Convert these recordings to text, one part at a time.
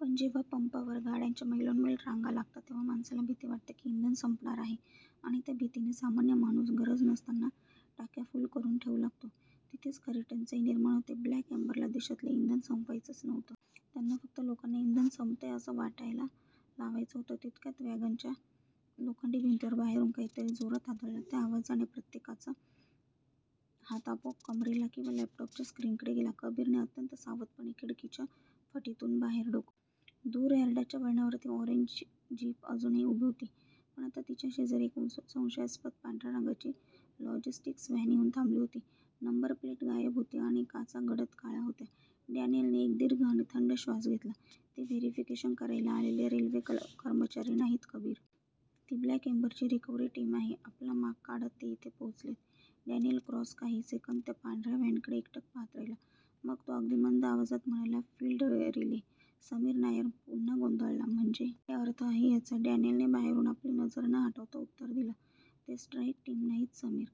पण जेव्हा पंपांवर गाड्यांच्या मैलोन्मैल रांगा लागतात, तेव्हा माणसाला भीती वाटते की इंधन संपणार आहे आणि त्या भीतीने सामान्य माणूस गरज नसताना टाक्या फुल करून ठेवू लागतो. तिथेच खरी टंचाई निर्माण होते. 'ब्लॅक एम्बर'ला देशातलं इंधन संपवायचंच नव्हतं. त्यांना फक्त लोकांना इंधन संपतंय असं वाटायला लावायचं होतं. तितक्यात, वॅगनच्या लोखंडी भिंतीवर बाहेरून काहीतरी जोरात आदळलं!! त्या आवाजाने प्रत्येकाचा हात आपोआप कमरेला किंवा लॅपटॉपच्या स्क्रीनकडे गेला. कबीरने अत्यंत सावधपणे खिडकीच्या फटीतून बाहेर डोकावलं. दूर यार्डाच्या वळणावर ती ऑरेंज जीप अजूनही उभी होती. पण आता तिच्या शेजारी एक संशयास्पद, पांढऱ्या रंगाची लॉजिस्टिक्स व्हॅन येऊन थांबली होती. नंबर प्लेट गायब होती आणि काचा गडद काळ्या होत्या. डॅनियलने एक दीर्घ आणि थंड श्वास घेतला, "ते व्हॅरिफिकेशन करायला आलेले रेल्वे कर्मचारी नाहीत, कबीर. ती 'ब्लॅक एम्बर'ची रिकव्हरी टीम आहे. आपला माग काढत ते इथे पोहोचलेत." डॅनियल क्रॉस काही सेकंद त्या पांढऱ्या व्हॅनकडे एकटक पाहत राहिला. मग तो अगदी मंद आवाजात म्हणाला, "फील्ड रिले" समीर नायर पुन्हा गोंधळला, "म्हणजे? काय अर्थ आहे याचा? " डॅनियलने बाहेरून आपली नजर न हटवता उत्तर दिलं, "ते स्ट्राईक टीम नाहीत समीर.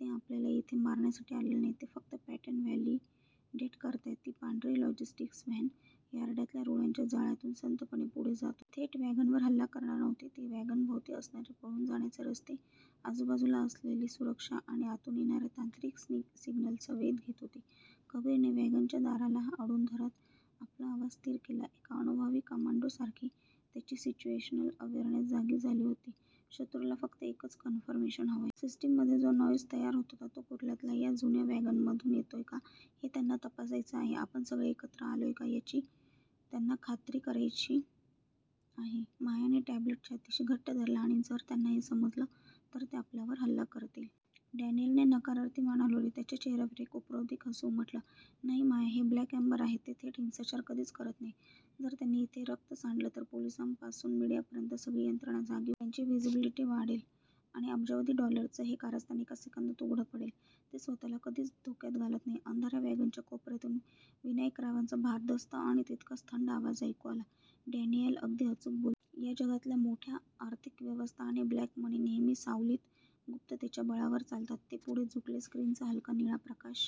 ते आपल्याला इथे मारण्यासाठी आलेले नाहीत. ते फक्त पॅटर्न व्हॅलिडेट करतायत." ती पांढरी लॉजिस्टिक्स व्हॅन यार्डातल्या रुळांच्या जाळ्यातून संथपणे पुढे जात होती. ती थेट वॅगनवर हल्ला करणार नव्हती. ती वॅगनभोवती असणारे पळून जाण्याचे रस्ते, आजूबाजूला असलेली सुरक्षा आणि आतून येणाऱ्या तांत्रिक सिग्नल्सचा वेध घेत होती. कबीरने वॅगनच्या दाराला आडून धरत आपला आवाज स्थिर केला. एका अनुभवी कमांडोसारखी त्याची सिच्युएशनल अवेअरनेस जागी झाली होती, "शत्रूला फक्त एकच कन्फर्मेशन हवंय. सिस्टीममध्ये जो 'नॉईज' तयार होत होता, तो कुर्ल्यातल्या या जुन्या वॅगनमधून येतोय का, हे त्यांना तपासायचं आहे. आपण सगळे एकत्र आलोय का, याची त्यांना खात्री करायची आहे." मायाने टॅब्लेट छातीशी घट्ट धरला, "आणि जर त्यांना हे समजलं, तर ते आपल्यावर हल्ला करतील? " डॅनियलने नकारार्थी मान हलवली. त्याच्या चेहऱ्यावर एक उपरोधिक हसू उमटलं, "नाही माया. हे 'ब्लॅक एम्बर' आहे. ते थेट हिंसाचार कधीच करत नाहीत. जर त्यांनी इथे रक्त सांडलं, तर पोलिसांपासून मीडियापर्यंत सगळी यंत्रणा जागी होईल. त्यांची 'व्हिझिबिलिटी' वाढेल आणि अब्जावधी डॉलर्सचं हे कारस्थान एका सेकंदात उघडं पडेल. ते स्वतःला कधीच धोक्यात घालत नाहीत." अंधाऱ्या वॅगनच्या कोपऱ्यातून विनायकरावांचा भारदस्त आणि तितकाच थंड आवाज ऐकू आला, "डॅनियल अगदी अचूक बोलतोय. या जगातल्या मोठ्या आर्थिक व्यवस्था आणि ब्लॅक मनी नेहमी सावलीत, गुप्ततेच्या बळावर चालतात." ते पुढे झुकले, स्क्रीनचा हलका निळा प्रकाश